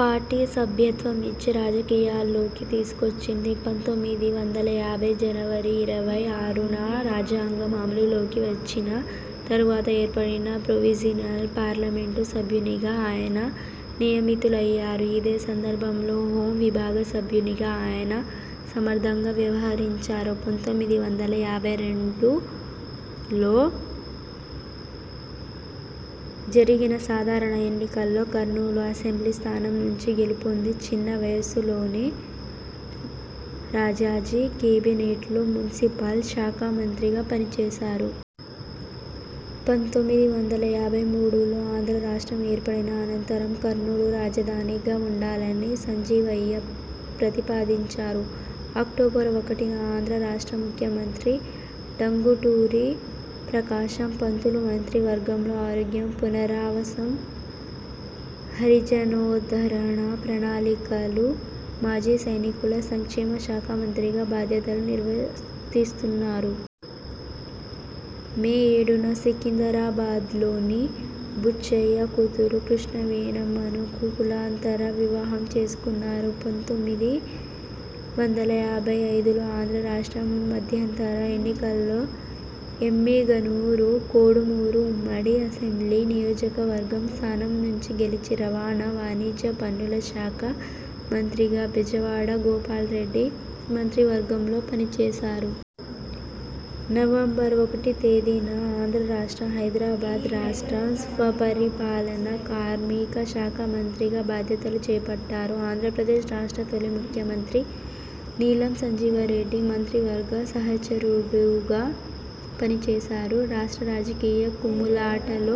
Party సభ్యత్వం ఇచ్చి, రాజకీయాల్లోకి తీసుకొచ్చింది. పంతొమ్మిది వందల యాభై జనవరి ఇరవై ఆరున రాజ్యాంగం అమలులోకి వచ్చిన తరువాత ఏర్పడిన ప్రొవిజినల్ పార్లమెంటు సభ్యునిగా ఆయన నియమితులయ్యారు. ఇదే సందర్భంలో హోం విభాగ సభ్యునిగా ఆయన సమర్థంగా వ్యవహరించారు. పంతొమ్మిది వందల యాభై రెండులో జరిగిన సాధారణ ఎన్నికల్లో కర్నూలు అసెంబ్లీ స్థానం నుంచి గెలుపొంది, చిన్న వయసులోనే రాజాజి కేబినెట్లో మున్సిపల్ శాఖ మంత్రిగా పనిచేశారు. పంతొమ్మిది వందల యాభై మూడులో ఆంధ్ర రాష్ట్రం ఏర్పడిన అనంతరం కర్నూలు రాజధానిగా ఉండాలని సంజీవయ్య ప్రతిపాదించారు. అక్టోబర్ ఒకటిన ఆంధ్ర రాష్ట్ర ముఖ్యమంత్రి టంగుటూరి ప్రకాశం పంతులు మంత్రి వర్గంలో ఆరోగ్యం, పునరావాసం, హరిజనోద్ధరణ, ప్రణాళికలు, మాజీ సైనికుల సంక్షేమ శాఖ మంత్రిగా బాధ్యతలు నిర్వర్తిస్తున్నారు. మే ఏడున సికిందరాబాద్లోని బుచ్చయ్య కూతురు కృష్ణవేణమ్మను కులాంతర వివాహం చేసుకున్నారు. పంతొమ్మిది వందల యాభై ఐదులో ఆంధ్ర రాష్ట్ర మధ్యంతర ఎన్నికల్లో ఎమ్మిగనూరు–కోడుమూరు ఉమ్మడి అసెంబ్లీ నియోజకవర్గం స్థానం నుంచి గెలిచి రవాణా, వాణిజ్య పన్నుల శాఖ మంత్రిగా బెజవాడ గోపాల్రెడ్డి మంత్రివర్గంలో పనిచేశారు. నవంబర్ ఒకటితేదిన ఆంధ్ర రాష్ట్రం – హైదరాబాద్ రాష్ట్ర స్వపరిపాలన, కార్మిక శాఖ మంత్రిగా బాధ్యతలు చేపట్టారు. ఆంధ్రప్రదేశ్ రాష్ట్ర తొలి ముఖ్యమంత్రి నీలం సంజీవరెడ్డి మంత్రివర్గ సహచరుడుగా పనిచేశారు. రాష్ట్ర రాజకీయ కుమ్ములాటలో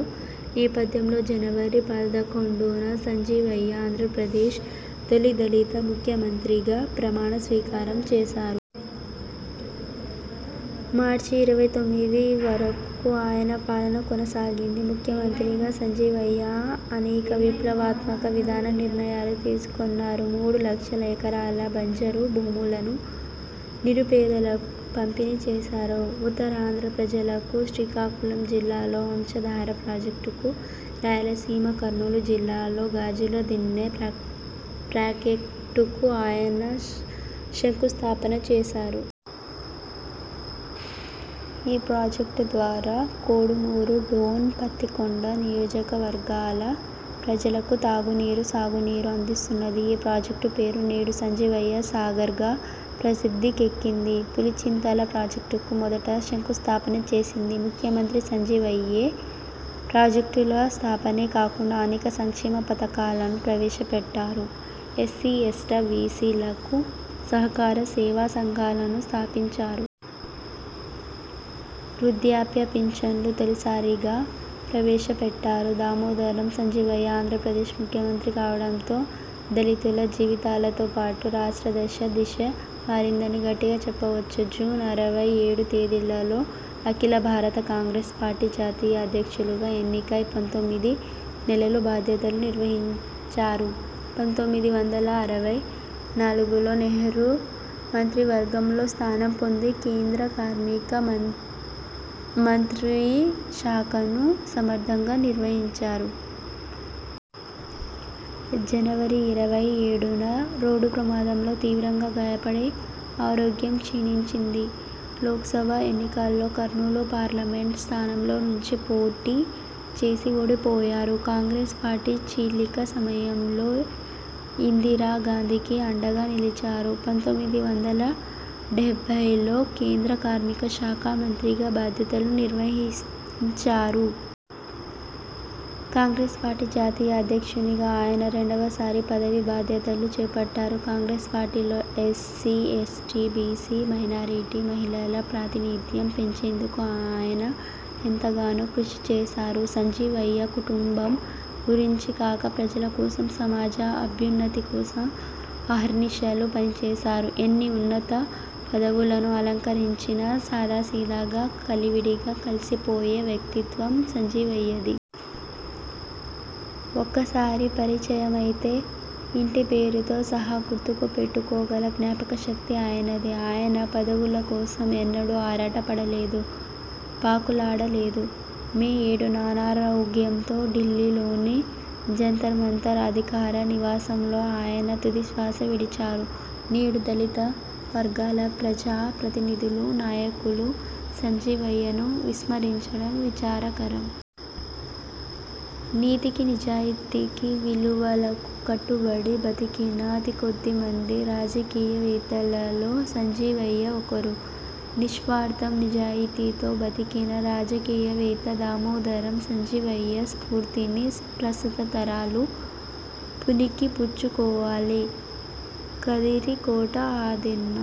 నేపథ్యంలో జనవరి పదకొండున సంజీవయ్య ఆంధ్రప్రదేశ్ తొలి దళిత ముఖ్యమంత్రిగా ప్రమాణ స్వీకారం చేశారు. మార్చి ఇరవై తొమ్మిది వరకు ఆయన పాలన కొనసాగింది. ముఖ్యమంత్రిగా సంజీవయ్య అనేక విప్లవాత్మక విధాన నిర్ణయాలు తీసుకొన్నారు. మూడు లక్షల ఎకరాల బంజరు భూములను నిరుపేదలకు పంపిణీ చేశారు. ఉత్తరాంధ్ర ప్రజలకు శ్రీకాకుళం జిల్లాలో వంశధార ప్రాజెక్టుకు, రాయలసీమ కర్నూలు జిల్లాలో గాజుల దిన్నె ప్రాకెక్టుకు ఆయన శంకుస్థాపన చేశారు. ఈ ప్రాజెక్టు ద్వారా కోడుమూరు, డోన్, పత్తికొండ నియోజకవర్గాల ప్రజలకు తాగునీరు, సాగునీరు అందిస్తున్నది. ఈ ప్రాజెక్టుపేరు నేడు సంజీవయ్య సాగర్గా ప్రసిద్ధికెక్కింది. పులిచింతల ప్రాజెక్టుకు మొదట శంకుస్థాపన చేసింది ముఖ్యమంత్రి సంజీవయ్యే. ప్రాజెక్టుల స్థాపనే కాకుండా అనేక సంక్షేమ పథకాలను ప్రవేశపెట్టారు. ఎస్సీ, ఎస్ట, బీసీలకు సహకార సేవా సంఘాలను స్థాపించారు. వృధ్యాప్య పించన్లు తొలిసారిగా ప్రవేశపెట్టారు. దామోదరం సంజీవయ్య ఆంధ్రప్రదేశ్ ముఖ్యమంత్రి కావడంతో దళితుల జీవితాలతోపాటు రాష్ట్ర దశ, దిశ మారిందని గట్టిగా చెప్పవచ్చు. జూన్ అరవై ఏడు తేదీలలో అఖిల భారత కాంగ్రెస్ పార్టీ జాతీయ అధ్యక్షులుగా ఎన్నికై పంతొమ్మిది నెలలు బాధ్యతలు నిర్వహించారు. పంతొమ్మిది వందల అరవై నాలుగులో నెహ్రూ మంత్రివర్గంలో స్థానం పొంది కేంద్ర కార్మిక మంత్రి మంత్రి శాఖను సమర్థంగా నిర్వహించారు. జనవరి ఇరవై ఏడున రోడ్డు ప్రమాదంలో తీవ్రంగా గాయపడి ఆరోగ్యం క్షీణించింది. లోక్సభ ఎన్నికల్లో్ కర్నూలు పార్లమెంట్ స్థానంలో నుంచి పోటీ చేసి ఓడిపోయారు. కాంగ్రెస్ పార్టీ చీలిక సమయంలో ఇందిరా గాంధీకి అండగా నిలిచారు. పంతొమ్మిది వందల డెబ్బైలో కేంద్ర కార్మిక శాఖ మంత్రిగా బాధ్యతలు నిర్వహిస్ హించారు. కాంగ్రెస్ పార్ఠీ జాతీయ అధ్యక్షునిగా ఆయన రెండవసారి పదవీ బాధ్యతలు చేపట్టారు. కాంగ్రెస్ పార్టీలో ఎస్సీ, ఎస్టీ, బీసీ మైనారిటీ, మహిళల ప్రాతినిధ్యం పెంచేందుకు ఆయన ఎంతగానో కృషి చేశారు. సంజీవయ్య కుటుంబం గురించి కాక, ప్రజల కోసం, సమాజ అభ్యున్నతికోసం అహర్నిశలు పనిచేశారు. ఎన్ని ఉన్నత పదవులను అలంకరించినా సాదాసీదాగా కలివిడిగా కలిసిపోయే వ్యక్తిత్వం సంజీవయ్యది. ఒక్కసారి పరిచయమైతే ఇంటిపేరుతో సహా గుర్తుకు పెట్టుకోగల జ్ఞాపకశక్తి ఆయనది. ఆయన పదవులకోసం ఎన్నడూ ఆరాట పడలేదు, పాకులాడలేదు. మే ఏడున అనారోగ్యంతో ఢిల్లీలోని జంతర్మంతర్ అధికార నివాసంలో ఆయన తుది శ్వాస విడిచారు. నేడు దళిత వర్గాల ప్రజా ప్రతినిధులు, నాయకులు సంజీవయ్యను విస్మరించడం విచారకరం. నీతికి నిజాయితికి విలువలకు కట్టుబడి బతికిన అతికొద్ది మంది రాజకీయవేత్తలలో సంజీవయ్య ఒకరు. నిస్వార్థం, నిజాయితీతో బతికిన రాజకీయవేత్త దామోదరం సంజీవయ్య స్ఫూర్తిని ప్రస్తుత తరాలు పుణికిపుచ్చుకోవాలి. కదిరికోట ఆదెన్న